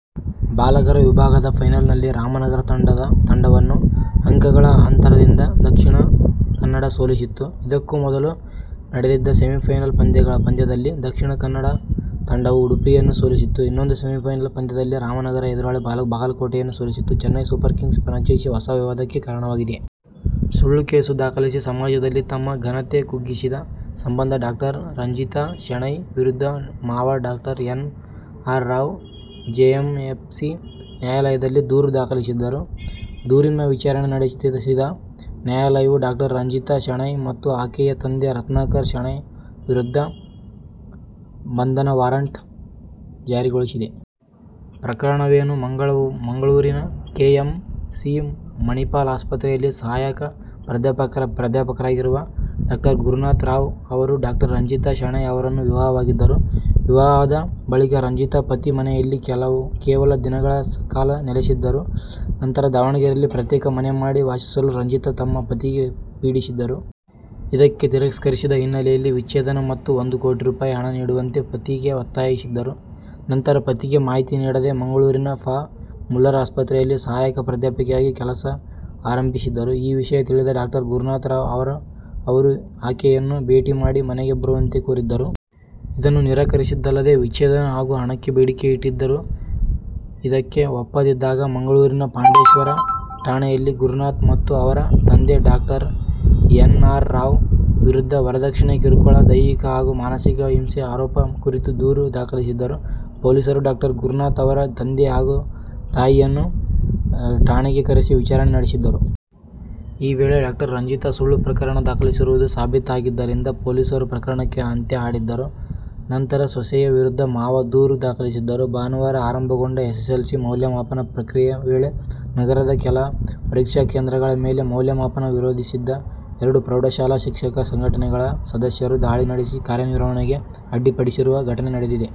ಬಾಲಕರ ವಿಭಾಗದ ಫೈನಲ್ನಲ್ಲಿ ರಾಮನಗರ ತಂಡವನ್ನು ಅಂಕಗಳ ಅಂತರದಿಂದ ದಕ್ಷಿಣ ಕನ್ನಡ ಸೋಲಿಸಿತ್ತು. ಇದಕ್ಕೂ ಮೊದಲು ನಡೆದಿದ್ದ ಸೆಮಿಫೈನಲ್ ಪಂದ್ಯದಲ್ಲಿ ದಕ್ಷಿಣ ಕನ್ನಡ ತಂಡವು ಉಡುಪಿಯನ್ನು ಸೋಲಿಸಿತ್ತು. ಇನ್ನೊಂದು ಸೆಮಿಫೈನಲ್ ಪಂದ್ಯದಲ್ಲಿ ರಾಮನಗರ ಎದುರಾಳಿ ಬಾಗಲಕೋಟೆಯನ್ನು ಸೋಲಿಸಿತ್ತು. ಚೆನ್ನೈ ಸೂಪರ್ ಕಿಂಗ್ಸ್ ಫ್ರಾಂಚೈಸಿ ಹೊಸ ವಿವಾದಕ್ಕೆ ಕಾರಣವಾಗಿದೆ. ಸುಳ್ಳು ಕೇಸು ದಾಖಲಿಸಿ ಸಮಾಜದಲ್ಲಿ ತಮ್ಮ ಘನತೆ ಕುಗ್ಗಿಸಿದ ಸಂಬಂಧ ಡಾ. ರಂಜಿತಾ ಶೆಣೈ ವಿರುದ್ಧ ಮಾವ Dr. N. R. Rao JMFC ನ್ಯಾಯಾಲಯದಲ್ಲಿ ದೂರು ದಾಖಲಿಸಿದ್ದರು. ದೂರಿನ ವಿಚಾರಣೆ ನಡೆಸಿದ ನ್ಯಾಯಾಲಯವು ಡಾ. ರಂಜಿತಾ ಶೆಣೈ ಮತ್ತು ಆಕೆಯ ತಂದೆ ರತ್ನಾಕರ್ ಶೆಣೈ ವಿರುದ್ಧ ಬಂಧನ ವಾರಂಟ್ ಜಾರಿಗೊಳಿಸಿದೆ. ಪ್ರಕರಣವೇನು?: ಮಂಗಳೂರಿನ ಕೆ. ಎಂ. ಸಿ. ಮಣಿಪಾಲ್ ಆಸ್ಪತ್ರೆಯಲ್ಲಿ ಸಹಾಯಕ ಪ್ರಾಧ್ಯಾಪಕರಾಗಿರುವ ಡಾ. ಗುರುನಾಥ್ ರಾವ್ ಅವರು ಡಾ. ರಂಜಿತಾ ಶೆಣೈ ಅವರನ್ನು ವಿವಾಹವಾಗಿದ್ದರು. ವಿವಾಹದ ಬಳಿಕ ರಂಜಿತಾ, ಪತಿಯ ಮನೆಯಲ್ಲಿ ಕೇವಲ ದಿನಗಳ ಕಾಲ ನೆಲೆಸಿದ್ದರು. ನಂತರ ದಾವಣಗೆರೆಯಲ್ಲಿ ಪ್ರತ್ಯೇಕ ಮನೆ ಮಾಡಿ ವಾಸಿಸಲು ರಂಜಿತಾ ತಮ್ಮ ಪತಿಗೆ ಪೀಡಿಸಿದ್ದರು. ಇದಕ್ಕೆ ತಿರಸ್ಕರಿಸಿದ ಹಿನ್ನೆಲೆಯಲ್ಲಿ ವಿಚ್ಛೇದನ ಮತ್ತು ಒಂದು ಕೋಟಿ ರೂ. ಹಣ ನೀಡುವಂತೆ ಪತಿಗೆ ಒತ್ತಾಯಿಸಿದ್ದರು. ನಂತರ ಪತಿಗೆ ಮಾಹಿತಿ ನೀಡದೆ ಮಂಗಳೂರಿನ ಫಾ. ಮುಲ್ಲರ್ ಆಸ್ಪತ್ರೆಯಲ್ಲಿ ಸಹಾಯಕ ಪ್ರಾಧ್ಯಾಪಕರಾಗಿ ಕೆಲಸ ಆರಂಭಿಸಿದ್ದರು. ಈ ವಿಷಯ ತಿಳಿದ ಡಾ. ಗುರುನಾಥ್ ರಾವ್ ಅವರು ಆಕೆಯನ್ನು ಭೇಟಿ ಮಾಡಿ ಮನೆಗೆ ಬರುವಂತೆ ಕೋರಿದ್ದರು. ಇದನ್ನು ನಿರಾಕರಿಸಿದ್ದಲ್ಲದೆ ವಿಚ್ಛೇದನ ಹಾಗೂ ಹಣಕ್ಕೆ ಬೇಡಿಕೆಯಿಟ್ಟಿದ್ದರು. ಇದಕ್ಕೆ ಒಪ್ಪದಿದ್ದಾಗ ಮಂಗಳೂರಿನ ಪಾಂಡೇಶ್ವರ ಠಾಣೆಯಲ್ಲಿ ಗುರುನಾಥ್ ಮತ್ತು ಅವರ ತಂದೆ ಡಾ. ಎನ್. ಆರ್. ರಾವ್ ವಿರುದ್ಧ ವರದಕ್ಷಿಣೆ ಕಿರುಕುಳ, ದೈಹಿಕ ಹಾಗೂ ಮಾನಸಿಕ ಹಿಂಸೆ ಆರೋಪ ಕುರಿತು ದೂರು ದಾಖಲಿಸಿದ್ದರು. ಪೊಲೀಸರು ಡಾ. ಗುರುನಾಥ್, ಅವರ ತಂದೆ ಹಾಗೂ ತಾಯಿಯನ್ನು ಠಾಣೆಗೆ ಕರೆಸಿ ವಿಚಾರಣೆ ನಡೆಸಿದ್ದರು. ಈ ವೇಳೆ ಡಾ. ರಂಜಿತಾ ಸುಳ್ಳು ಪ್ರಕರಣ ದಾಖಲಿಸಿರುವುದು ಸಾಬೀತಾಗಿದ್ದರಿಂದ ಪೊಲೀಸರು ಪ್ರಕರಣಕ್ಕೆ ಅಂತ್ಯ ಹಾಡಿದ್ದರು. ನಂತರ ಸೊಸೆಯ ವಿರುದ್ಧ ಮಾವ ದೂರು ದಾಖಲಿಸಿದ್ದರು. ಭಾನುವಾರ ಆರಂಭಗೊಂಡ ಎಸ್ಸೆಸ್ಸೆಲ್ಸಿ ಮೌಲ್ಯಮಾಪನ ಪ್ರಕ್ರಿಯೆ ವೇಳೆ ನಗರದ ಕೆಲ ಪರೀಕ್ಷಾ ಕೇಂದ್ರಗಳ ಮೇಲೆ ಮೌಲ್ಯಮಾಪನ ವಿರೋಧಿಸಿದ್ದ ಎರಡು ಪ್ರೌಢಶಾಲಾ ಶಿಕ್ಷಕ ಸಂಘಟನೆಗಳ ಸದಸ್ಯರು ದಾಳಿ ನಡೆಸಿ ಕಾರ್ಯನಿರ್ವಹಣೆಗೆ ಅಡ್ಡಿ ಪಡಿಸಿರುವ ಘಟನೆ ನಡೆದಿದೆ.